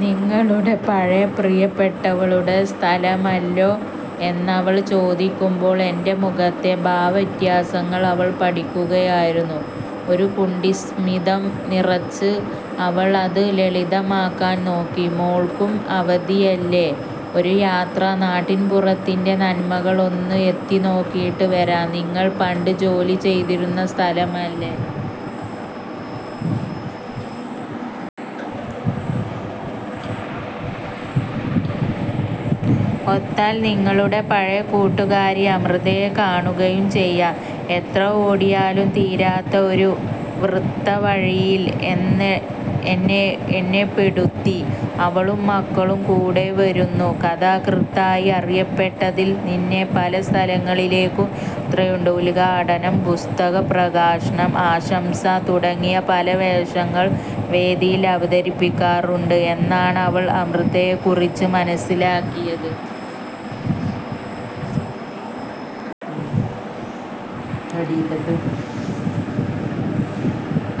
'നിങ്ങളുടെ പഴയ പ്രിയപ്പെട്ടവളുടെ സ്ഥലമല്ലോ' എന്നവൾ ചോദിക്കുമ്പോൾ എന്റെ മുഖത്തെ ഭാവ വ്യത്യാസങ്ങൾ അവൾ പഠിക്കുകയായിരുന്നു. ഒരു ഗൂഢസ്മിതം നിറച്ച് അവൾ അത് ലളിതമാക്കാൻ നോക്കി: "മോൾക്കും അവധിയല്ലേ. ഒരു യാത്ര.. നാട്ടിൻപുറത്തിന്റെ നന്മകൾ ഒന്ന് എത്തി നോക്കിയിട്ട് വരാം. നിങ്ങൾ പണ്ട് ജോലി ചെയ്തിരുന്ന സ്ഥലമല്ലേ. ഒത്താൽ… നിങ്ങളുടെ പഴയ കൂട്ടുകാരി അമൃതയെ കാണുകയും ചെയ്യാം. " എത്ര ഓടിയാലും തീരാത്ത ഒരു വൃത്തവഴിയിൽ എന്നെപ്പെടുത്തി അവളും മക്കളും കൂടെ വരുന്നു. കഥാകൃത്തായി അറിയപ്പെട്ടതിൽ പിന്നെ പല സ്ഥലങ്ങളിലേക്കും യാത്രയുണ്ട്. ഉദ്ഘാടനം, പുസ്തക പ്രകാശനം, ആശംസ തുടങ്ങിയ പല വേഷങ്ങൾ വേദിയിൽ അവതരിപ്പിക്കാറുണ്ട് എന്നാണ് അവൾ അമൃതയെക്കുറിച്ച് മനസ്സിലാക്കിയത്.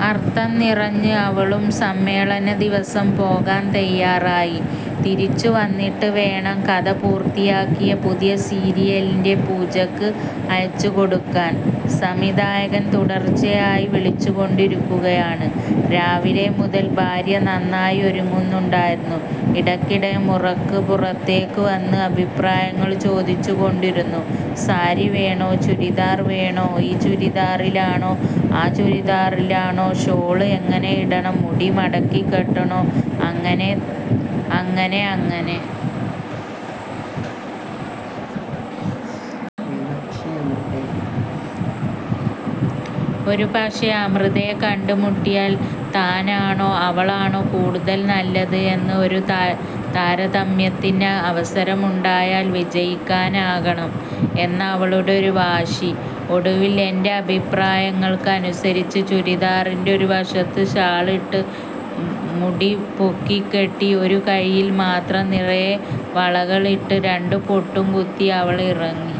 അർഥം നിറഞ്ഞ് അവളും. സമ്മേളന ദിവസം പോകാൻ തയാറായി. തിരിച്ചു വന്നിട്ട് വേണം കഥ പൂർത്തിയാക്കി പുതിയ സീരിയലിന്റെ പൂജയ്ക്ക് അയച്ചുകൊടുക്കാൻ. സംവിധായകൻ തുടർച്ചയായി വിളിച്ചുകൊണ്ടിരിക്കുകയാണ്. രാവിലെ മുതൽ ഭാര്യ നന്നായി ഒരുങ്ങുന്നുണ്ടായിരുന്നു. ഇടക്കിടെ മുറക്ക് പുറത്തേക്ക് വന്ന് അഭിപ്രായങ്ങൾ ചോദിച്ചു കൊണ്ടിരുന്നു. 'സാരി വേണോ ചുരിദാർ വേണോ, ഈ ചുരിദാറിൽ ആണോ ആ ചുരിദാറിൽ ആണോ, ഷോൾ എങ്ങനെ ഇടണം, മുടി മടക്കി കെട്ടണോ' അങ്ങനെ അങ്ങനെ. ഒരുപക്ഷേ അമൃതയെ കണ്ടുമുട്ടിയാൽ, താനാണോ അവളാണോ കൂടുതൽ നല്ലത് എന്ന് ഒരു താരതമ്യത്തിന് അവസരം ഉണ്ടായാൽ വിജയിക്കാനാകണം എന്ന അവളുടെ വാശി. ഒടുവിൽ എന്റെ അഭിപ്രായങ്ങൾക്ക് അനുസരിച്ച് ചുരിദാറിന്റെ ഒരു വശത്ത് ഷാൾ ഇട്ട്, മുടി പൊക്കി കെട്ടി, ഒരു കൈയിൽ മാത്രം നിറയെ വളകളിട്ട്, രണ്ട് പൊട്ടും കുത്തി അവൾ ഇറങ്ങി.